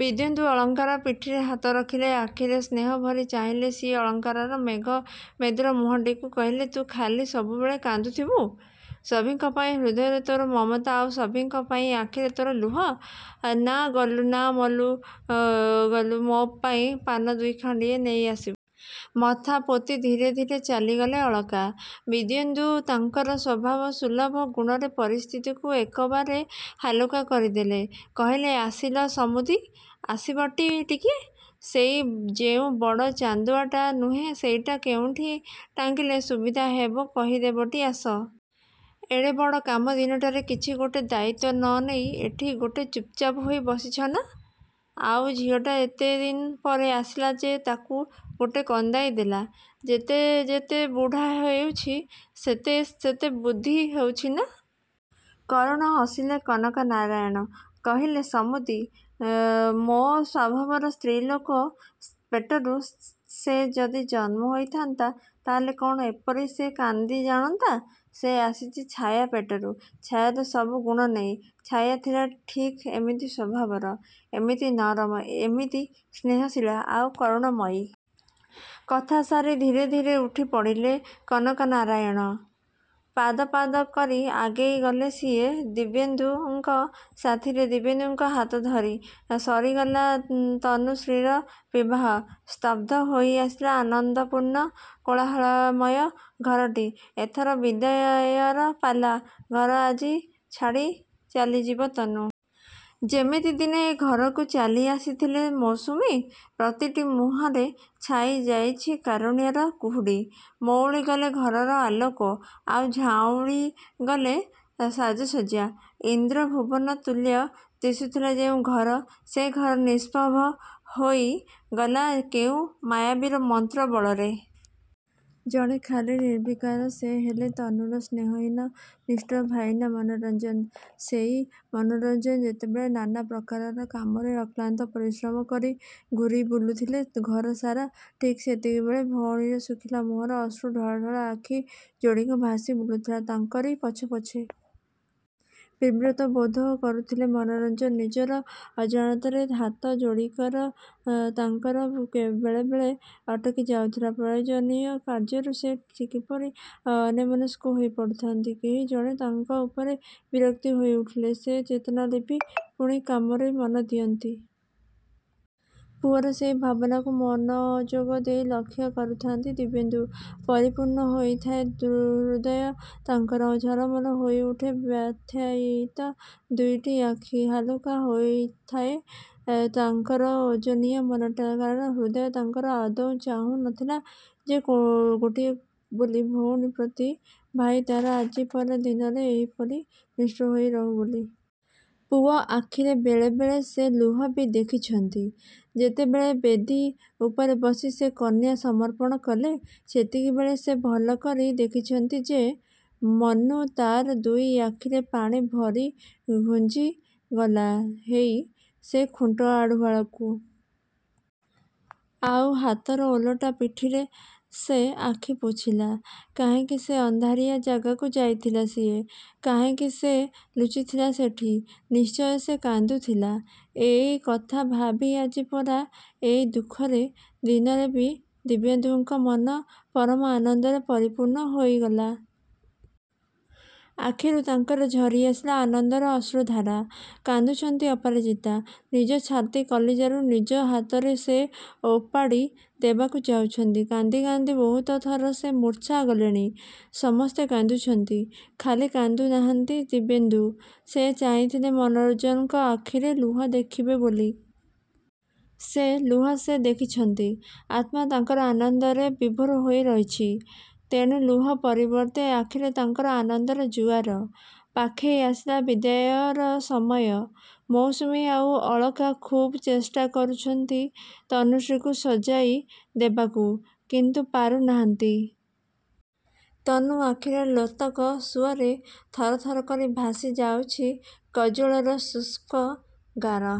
ବିଦେନ୍ଦୁ ଅଳକାଙ୍କ ପିଠିରେ ହାତ ରଖିଲେ। ଆଖିରେ ସ୍ନେହ ଭରି ଚାହିଁଲେ ସିଏ ଅଳକାଙ୍କର ମେଘ ମେଦୁର ମୁହଁଟିକୁ। କହିଲେ ତୁ ଖାଲି ସବୁବେଳେ କାନ୍ଦୁଥିବୁ? ସଭିଙ୍କ ପାଇଁ ହୃଦୟରେ ତୋର ମମତା, ଆଉ ସଭିଙ୍କ ପାଇଁ ଆଖିରେ ତୋର ଲୁହ। ନା, ଗଲୁ ମା', ଗଲୁ, ମୋ ପାଇଁ ପାନ ଦୁଇ ଚାରିଖଣ୍ଡ ନେଇ ଆସିବୁ। ମଥା ପୋତି ଧୀରେ ଧୀରେ ଚାଲିଗଲେ ଅଳକା। ବିଦେନ୍ଦୁ ତାଙ୍କର ସ୍ୱଭାବ ସୁଲଭ ଗୁଣରେ ପରିସ୍ଥିତିକୁ ଏକବାରେ ହାଲୁକା କରି ଦେଲେ। କହିଲେ ଆସିଲ ସମୁଦି, ଆସିବଟି ଟିକିଏ। ସେଇ ଯେଉଁ ବଡ଼ ଚାନ୍ଦୁଆଟା ନୁହେଁ ସେଇଟା କେଉଁଠି ଟାଙ୍ଗିଲେ ସୁବିଧା ହେବ କହିଦେବଟି ଆସ। ଏଡ଼େ ବଡ଼ କାମ ଦିନଟାରେ କିଛି ଗୋଟେ ଦାୟିତ୍ୱ ନ ନେଇ ଏଠି ଗୋଟେ ଚୁପ୍‌ଚାପ୍ ହୋଇ ବସିଛନା? ଆଉ ଝିଅଟା ଏତେଦିନ ପରେ ଆସିଲା ଯେ ତାକୁ ଗୋଟେ କନ୍ଦାଇ ଦେଲା। ଯେତେ ଯେତେ ବୁଢ଼ା ହେଉଛି ସେତେ ସେତେ ବୁଦ୍ଧି ହେଉଛି, ନା? କରୁଣ ହସିଲେ କନକନାରାୟଣ। କହିଲେ ସମୁଦି, ମୋ ସ୍ୱଭାବର ସ୍ତ୍ରୀଲୋକ ପେଟରୁ ସେ ଯଦି ଜନ୍ମ ହୋଇଥାନ୍ତା, ତାହେଲେ କ'ଣ ଏପରି ସେ କାନ୍ଦି ଜାଣନ୍ତା? ସେ ଆସିଛି ଛାୟା ପେଟରୁ। ଛାୟାର ସବୁ ଗୁଣ ନେଇ। ଛାୟା ଥିଲା ଠିକ୍ ଏମିତି ସ୍ୱଭାବର। ଏମିତି ନରମ, ଏମିତି ସ୍ନେହଶୀଳା, ଆଉ କରୁଣମୟୀ। କଥା ସାରି ଧୀରେ ଧୀରେ ଉଠି ପଡ଼ିଲେ କନକନାରାୟଣ। ପାଦ ପାଦ କରି ଆଗେଇ ଗଲେ ସିଏ ଦିବ୍ୟେନ୍ଦୁଙ୍କ ସାଥିରେ ଦିବ୍ୟେନ୍ଦୁଙ୍କ ହାତ ଧରି। ସରିଗଲା ତନୁଶ୍ରୀର ବିବାହ। ସ୍ତବ୍ଧ ହୋଇ ଆସିଲା ଆନନ୍ଦପୂର୍ଣ୍ଣ କୋଳାହଳମୟ ଘରଟି। ଏଥର ବିଦାୟର ପାଲା। ଘର ଛାଡ଼ି ଆଜି ଚାଲିଯିବ ତନୁ। ଯେମିତି ଦିନେ ଏ ଘରକୁ ଚାଲି ଆସିଥିଲା ମୌସୁମୀ। ପ୍ରତିଟି ମୁହଁରେ ଛାଇ ଯାଇଛି କାରୁଣ୍ୟର କୁହୁଡ଼ି। ମଉଳି ଗଲେ ଘରର ଆଲୋକ, ଆଉ ଝାଉଁଳି ଗଲେ ସାଜସଜ୍ଜା। ଇନ୍ଦ୍ରଭୁବନ ତୁଲ୍ୟ ଦିଶୁଥିଲା ଯେଉଁ ଘର, ସେ ଘର ନିଷ୍ପ୍ରଭ ହୋଇ ଗଲା କେଉଁ ମାୟାବୀର ମନ୍ତ୍ର ବଳରେ। ଜଣେ ଖାଲି ନିର୍ବିକାର। ସେ ହେଲେ ତନୁର ସ୍ନେହହୀନ, ନିଷ୍ଠୁର ଭାଇନା ମନୋରଞ୍ଜନ। ସେଇ ମନୋରଞ୍ଜନ ଯେତେବେଳେ ନାନା ପ୍ରକାର କାମରେ ଅକ୍ଳାନ୍ତ ପରିଶ୍ରମ କରି ଘୂରି ବୁଲୁଥିଲେ ଘର ସାରା, ଠିକ୍ ସେତିକିବେଳେ ଭଉଣୀର ଶୁଖିଲା ମୁହଁର ଅଶ୍ରୁ ଢଳ ଢଳ ଆଖି ଯୋଡ଼ିକ ଭାସି ବୁଲୁଥିଲା ତାଙ୍କରି ପଛେ ପଛେ। ବିବ୍ରତ ବୋଧ କରୁଥିଲେ ମନୋରଞ୍ଜନ ନିଜର ଅଜାଣତରେ। ହାତ ଯୋଡ଼ିକ ତାଙ୍କର ବେଳେ ବେଳେ ଅଟକି ଯାଉଥାଏ ପ୍ରୟୋଜନୀୟ କାର୍ଯ୍ୟରୁ। ସେ କିପରି ଅନ୍ୟମନସ୍କ ହୋଇ ପଡ଼ୁଥାନ୍ତି। କେହି ଜଣେ ତାଙ୍କ ଉପରେ ବିରକ୍ତି ହୋଇ ଉଠିଲେ ସେ ଚେତନା ଲିଭି ପୁଣି କାମରେ ମନ ଦିଅନ୍ତି। ପୁଅର ସେଇ ଭାବକୁ ମନଯୋଗ ଦେଇ ଲକ୍ଷ୍ୟ କରୁଥାନ୍ତି ଦିବ୍ୟେନ୍ଦୁ। ପରିପୂର୍ଣ୍ଣ ହୋଇଯାଏ ହୃଦୟ ତାଙ୍କର। ଝଲମଲ ହୋଇ ଉଠେ ବ୍ୟଥାୟୀତ ଦୁଇଟି ଆଖି। ହାଲୁକା ହୋଇଯାଏ ତାଙ୍କର ଓଜନିଆ ମନଟା। କାରଣ, ହୃଦୟ ତାଙ୍କର ଆଦୌ ଚାହୁଁ ନଥିଲା ଯେ ଗୋଟିଏ ବୋଲି ଭଉଣୀ ପ୍ରତି ଭାଇ ତା'ର ଆଜି ପରା ଦିନରେ ଏହିପରି ନିଷ୍ଠୁର ହୋଇ ରହୁ ବୋଲି। ପୁଅ ଆଖିରେ ବେଳେ ବେଳେ ସେ ଲୁହ ବି ଦେଖିଛନ୍ତି। ଯେତେବେଳେ ବେଦୀ ଉପରେ ବସି ସେ କନ୍ୟା ସମର୍ପଣ କଲେ, ସେତିକିବେଳେ ସେ ଭଲ କରି ଦେଖିଛନ୍ତି ଯେ, ମନୁ ତା'ର ଦୁଇ ଆଖିରେ ପାଣି ଭରି ଘୁଞ୍ଜି ଗଲା ହେଇ ସେ ଖୁଣ୍ଟ ଆଢ଼ୁଆଳକୁ। ଆଉ ହାତର ଓଲଟା ପିଠିରେ ସେ ଆଖି ପୋଛିଲା। କାହିଁକି ସେ ଅନ୍ଧାରିଆ ଜାଗାକୁ ଯାଇଥିଲା ସିଏ। କାହିଁକି ସେ ଲୁଚିଥିଲା ସେଠି। ନିଶ୍ଚୟ ସେ କାନ୍ଦୁଥିଲା। ଏଇ କଥା ଭାବି ଆଜି ପରା ଏଇ ଦୁଃଖରେ ଦିନରେ ବି ଦିବ୍ୟେନ୍ଦୁଙ୍କ ମନ ପରମ ଆନନ୍ଦରେ ପରିପୂର୍ଣ୍ଣ ହୋଇ ଗଲା। ଆଖିରୁ ତାଙ୍କର ଝରି ଆସିଲା ଆନନ୍ଦର ଅଶ୍ରୁଧାରା। କାନ୍ଦୁଛନ୍ତି ଅପରାଜିତା। ନିଜ ଛାତି କଲିଜାରୁ ନିଜ ହାତରେ ସେ ଓପାଡ଼ି ଦେବାକୁ ଯାଉଛନ୍ତି। କାନ୍ଦି କାନ୍ଦି ବହୁତ ଥର ସେ ମୂର୍ଚ୍ଛା ଗଲେଣି। ସମସ୍ତେ କାନ୍ଦୁଛନ୍ତି। ଖାଲି କାନ୍ଦୁ ନାହାନ୍ତି ଦିବ୍ୟେନ୍ଦୁ। ସେ ଚାହିଁଥିଲେ ମନୋରଞ୍ଜନଙ୍କ ଆଖିରେ ଲୁହ ଦେଖିବେ ବୋଲି। ସେ ଲୁହ ସେ ଦେଖିଛନ୍ତି। ଆତ୍ମା ତାଙ୍କର ଆନନ୍ଦରେ ବିଭୋର ହୋଇ ରହିଛି। ତେଣୁ ଲୁହ ପରିବର୍ତ୍ତେ ଆଖିରେ ତାଙ୍କର ଆନନ୍ଦର ଜୁଆର। ପାଖେଇ ଆସିଲା ବିଦାୟର ସମୟ। ମୌସୁମୀ ଆଉ ଅଳକା ଖୁବ୍ ଚେଷ୍ଟା କରୁଛନ୍ତି ତନୁଶ୍ରୀକୁ ସଜାଇ ଦେବାକୁ। କିନ୍ତୁ ପାରୁ ନାହାନ୍ତି। ତନୁ ଆଖିର ଲୋତକ ସୁଅରେ ଥର ଥର କରି ଭାସି ଯାଉଛି କଜ୍ଜଳର ସୂକ୍ଷ୍ମଗାର।